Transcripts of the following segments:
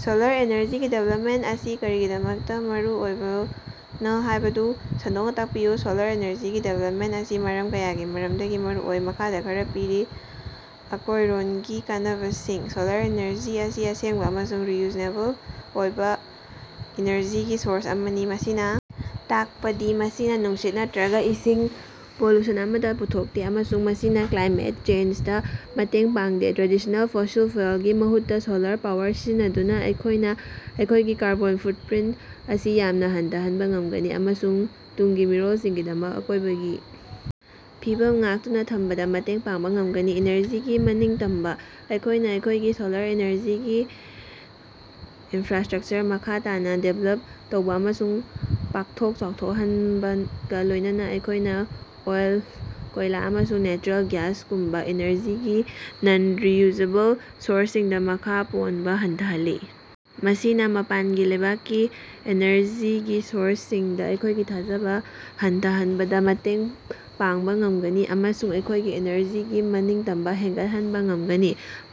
Solar ꯑꯦꯅꯔꯖꯤꯒꯤ development ꯑꯁꯤ ꯀꯔꯤꯒꯤꯗꯃꯛꯇ ꯃꯔꯨꯑꯣꯏꯕꯅ ꯍꯥꯏꯕꯗꯨ ꯁꯟꯗꯣꯛꯅ ꯇꯥꯛꯄꯤꯌꯨ꯫ ꯁꯣꯂꯥꯔ ꯑꯦꯅꯔꯖꯤꯒꯤ ꯗꯤꯚꯦꯂꯄꯃꯦꯟꯇ ꯑꯁꯤ ꯃꯔꯝ ꯀꯌꯥꯒꯤ ꯃꯔꯝꯗꯒꯤ ꯃꯔꯨꯑꯣꯏ꯫ ꯃꯈꯥꯗ ꯈꯔ ꯄꯤꯔꯤ: ꯑꯀꯣꯏꯔꯣꯟꯒꯤ ꯀꯥꯟꯅꯕꯁꯤꯡ: ꯁꯣꯂꯥꯔ ꯏꯅꯔꯖꯤ ꯑꯁꯤ ꯑꯁꯦꯡꯕ ꯑꯃꯁꯨꯡ ꯔꯤꯟꯌꯨꯑꯦꯕꯜ ꯑꯣꯏꯕ ꯏꯅꯔꯖꯤꯒꯤ ꯁꯣꯔꯁ ꯑꯃꯅꯤ꯫ ꯃꯁꯤꯅ ꯇꯥꯛꯄꯗꯤ ꯃꯁꯤꯅ ꯅꯨꯡꯁꯤꯠ ꯅꯠꯇ꯭ꯔꯒ ꯏꯁꯤꯡ ꯄꯣꯂꯨꯁꯟ ꯑꯃꯠꯇ ꯄꯨꯊꯣꯛꯇꯦ꯫ ꯑꯃꯁꯨꯡ ꯃꯁꯤꯅ ꯀ꯭ꯂꯥꯏꯃꯦꯠ ꯆꯦꯟꯖꯗ ꯃꯇꯦꯡ ꯄꯥꯡꯗꯦ꯫ ꯇ꯭ꯔꯦꯗꯤꯁ꯭ꯅꯦꯜ ꯐꯣꯁꯤꯜ ꯐ꯭ꯌꯨꯑꯦꯜꯒꯤ ꯃꯍꯨꯠꯇ ꯁꯣꯂꯥꯔ ꯄꯥꯋꯔ ꯁꯤꯖꯤꯟꯅꯗꯨꯅ ꯑꯩꯈꯣꯏꯅ ꯑꯩꯈꯣꯏꯒꯤ ꯀꯥꯔꯕꯣꯟ ꯐꯨꯠꯞꯔꯤꯟꯇ ꯑꯁꯤ ꯌꯥꯝꯅ ꯍꯟꯊꯍꯟꯕ ꯉꯝꯒꯅꯤ꯫ ꯑꯃꯁꯨꯡ ꯇꯨꯡꯒꯤ ꯃꯤꯔꯣꯜꯁꯤꯡꯒꯤꯗꯃꯛ ꯑꯀꯣꯏꯕꯒꯤ ꯐꯤꯕꯝ ꯉꯥꯛꯇꯨꯅ ꯊꯝꯕꯗ ꯃꯇꯦꯡ ꯄꯥꯡꯕ ꯉꯝꯒꯅꯤ꯫ ꯏꯅꯔꯖꯤꯒꯤ ꯃꯅꯤꯡꯇꯝꯕ: ꯑꯩꯈꯣꯏꯅ ꯑꯩꯈꯣꯏꯒꯤ ꯁꯣꯂꯥꯔ ꯏꯅꯔꯖꯤ ꯏꯅꯐ꯭ꯔꯥꯁ꯭ꯇꯔꯛꯆꯔ ꯃꯈꯥ ꯇꯥꯅ ꯗꯤꯕ꯭ꯂꯞ ꯇꯧꯕ ꯑꯃꯁꯨꯡ ꯄꯥꯛꯊꯣꯛ ꯆꯥꯎꯊꯣꯛꯍꯅꯜꯟꯕꯒ ꯂꯣꯢꯅꯅ ꯑꯩꯈꯣꯏꯅ ꯑꯣꯏꯜ, ꯀꯣꯏꯂꯥ ꯑꯃꯁꯨꯡ ꯅꯦꯆꯔꯦꯜ ꯒ꯭ꯌꯥꯁꯒꯨꯝꯕ ꯏꯅꯔꯖꯤꯒꯤ ꯅꯟ-ꯔꯤꯟꯌꯨꯑꯦꯕꯜ ꯁꯣꯔꯁꯁꯤꯡꯗ ꯃꯈꯥ ꯄꯣꯟꯕ ꯍꯟꯊꯍꯜꯂꯤ꯫ ꯃꯁꯤꯅ ꯃꯄꯥꯟ ꯂꯩꯕꯥꯛꯀꯤ ꯏꯅꯔꯖꯤꯒꯤ ꯁꯣꯔꯁꯁꯤꯡꯗ ꯑꯩꯈꯣꯢꯒꯤ ꯊꯥꯖꯕ ꯍꯟꯊꯍꯟꯕꯗ ꯃꯇꯦꯡ ꯄꯥꯡꯕ ꯉꯝꯒꯅꯤ꯫ ꯑꯃꯁꯨꯡ ꯑꯩꯈꯣꯢꯒꯤ ꯏꯅꯔꯖꯤꯒꯤ ꯃꯅꯤꯡꯇꯝꯕ ꯍꯦꯟꯒꯠꯍꯟꯕ ꯉꯝꯒꯅꯤ꯫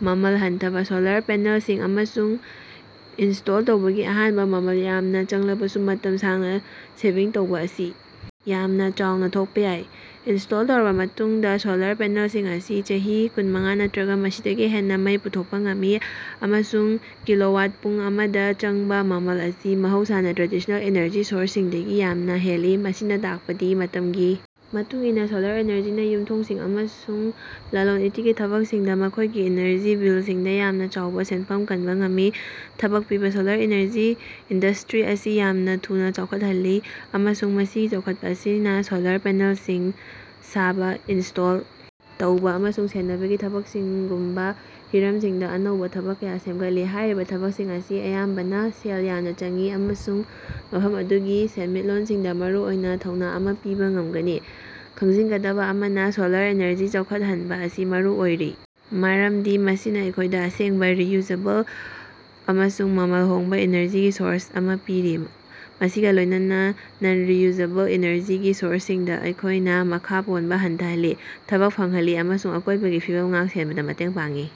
ꯃꯃꯜ ꯍꯟꯊꯕ: ꯁꯣꯂꯥꯔ ꯄꯦꯅꯦꯜꯁꯤꯡ ꯑꯃꯁꯨꯡ ꯏꯅꯁ꯭ꯇꯣꯜ ꯇꯧꯕꯒꯤ ꯑꯍꯥꯟꯕ ꯃꯃꯜ ꯌꯥꯝꯅ ꯆꯪꯂꯕꯁꯨ ꯃꯇꯝ ꯁꯥꯡꯅ ꯁꯦꯚꯤꯡ ꯇꯧꯕ ꯑꯁꯤ ꯌꯥꯝꯅ ꯆꯥꯎꯅ ꯊꯣꯛꯄ ꯌꯥꯏ꯫ ꯏꯅꯁ꯭ꯇꯣꯜ ꯇꯧꯔꯕ ꯃꯇꯨꯡꯗ ꯁꯣꯂꯥꯔ ꯄꯦꯅꯦꯜꯁꯤꯡ ꯑꯁꯤ ꯆꯍꯤ ꯀꯨꯟꯃꯉꯥ ꯅꯠꯇ꯭ꯔꯒ ꯃꯁꯤꯗꯒꯤ ꯍꯦꯟꯅ ꯃꯩ ꯄꯨꯊꯣꯛꯄ ꯉꯝꯃꯤ꯫ ꯑꯃꯁꯨꯡ ꯀꯤꯂꯣꯋꯥꯠ-ꯄꯨꯡ ꯑꯃꯗ ꯆꯪꯕ ꯃꯃꯜ ꯑꯁꯤ ꯃꯍꯧꯁꯥꯅ ꯇ꯭ꯔꯦꯗꯤꯁꯅꯦꯜ ꯏꯅꯔꯖꯤ ꯁꯣꯔꯁꯁꯤꯡꯗꯒꯤ ꯌꯥꯝꯅ ꯍꯦꯜꯂꯤ꯫ ꯃꯁꯤꯅ ꯇꯥꯛꯄꯗꯤ ꯃꯇꯝꯒꯤ ꯃꯇꯨꯡ ꯏꯟꯅ ꯁꯣꯂꯔ ꯏꯅꯔꯖꯤꯅ ꯌꯨꯝꯊꯣꯡꯁꯤꯡ ꯑꯃꯁꯨꯡ ꯂꯂꯣꯟ-ꯏꯇꯤꯛꯀꯤ ꯊꯕꯛꯁꯤꯡꯗ ꯃꯈꯣꯏꯒꯤ ꯏꯅꯔꯖꯤ ꯕꯤꯜꯁꯤꯡꯗ ꯌꯥꯝꯅ ꯆꯥꯎꯕ ꯁꯦꯟꯐꯝ ꯀꯟꯕ ꯉꯝꯃꯤ꯫ ꯊꯕꯛ ꯄꯤꯕ: ꯁꯣꯂꯥꯔ ꯏꯅꯔꯖꯤ ꯏꯟꯗꯁ꯭ꯇꯔꯤ ꯑꯁꯤ ꯌꯥꯝꯅ ꯊꯨꯅ ꯆꯥꯎꯈꯠꯂꯛꯂꯤ꯫ ꯑꯃꯁꯨꯡ ꯃꯁꯤꯒꯤ ꯆꯥꯎꯈꯠꯄ ꯑꯁꯤꯅ ꯁꯣꯂꯥꯔ ꯄꯦꯅꯦꯜꯁꯤꯡ ꯁꯥꯕ, ꯏꯅꯁ꯭ꯇꯣꯜ ꯇꯧꯕ ꯑꯃꯁꯨꯡ ꯁꯦꯟꯅꯕꯒꯤ ꯊꯕꯛꯁꯤꯡꯒꯨꯝꯕ ꯍꯤꯔꯝꯁꯤꯡꯗ ꯑꯅꯧꯕ ꯊꯕꯛ ꯀꯌꯥ ꯁꯦꯝꯒꯠꯂꯤ꯫ ꯍꯥꯏꯔꯤꯕ ꯊꯕꯛꯁꯤꯡ ꯑꯁꯤ ꯑꯌꯥꯝꯕꯅ ꯁꯦꯜ ꯌꯥꯝꯅ ꯆꯪꯏ꯫ ꯑꯃꯁꯨꯡ ꯃꯐꯝ ꯑꯗꯨꯒꯤ ꯁꯦꯟꯃꯤꯠꯂꯣꯟꯁꯤꯡꯗ ꯃꯔꯨꯑꯣꯏꯕ ꯊꯧꯅꯥ ꯑꯃ ꯄꯤꯕ ꯉꯝꯒꯅꯤ꯫ ꯈꯪꯖꯤꯟꯒꯗꯕ ꯑꯃꯅ, ꯁꯣꯂꯥꯔ ꯏꯅꯔꯖꯤ ꯆꯥꯎꯈꯠꯍꯟꯕ ꯑꯁꯤ ꯃꯔꯨ ꯑꯣꯏꯔꯤ ꯃꯔꯝꯗꯤ ꯃꯁꯤꯅ ꯑꯩꯈꯣꯢꯗ ꯑꯁꯦꯡꯕ ꯔꯤꯌꯨꯑꯦꯕꯜ ꯑꯃꯁꯨꯡ ꯃꯃꯜ ꯍꯣꯡꯕ ꯏꯅꯔꯖꯤꯒꯤ ꯁꯣꯔꯁ ꯑꯃꯥ ꯄꯤꯔꯤ꯫ꯃꯁꯤꯒ ꯂꯣꯏꯅꯅ ꯅꯟ-ꯔꯤꯌꯨꯑꯦꯕꯜ ꯏꯅꯔꯖꯤꯒꯤ ꯁꯣꯔꯁꯁꯤꯡꯗ ꯑꯩꯈꯣꯏꯅ ꯃꯈꯥ ꯄꯣꯟꯕ ꯍꯟꯊꯍꯜꯂꯤ꯫ ꯊꯕꯛ ꯐꯪꯍꯜꯂꯤ ꯑꯃꯁꯨꯡ ꯑꯀꯣꯏꯕꯒꯤ ꯐꯤꯕꯝ ꯉꯥꯛ-ꯁꯦꯟꯕꯗ ꯃꯇꯦꯡ ꯄꯥꯡꯏ꯫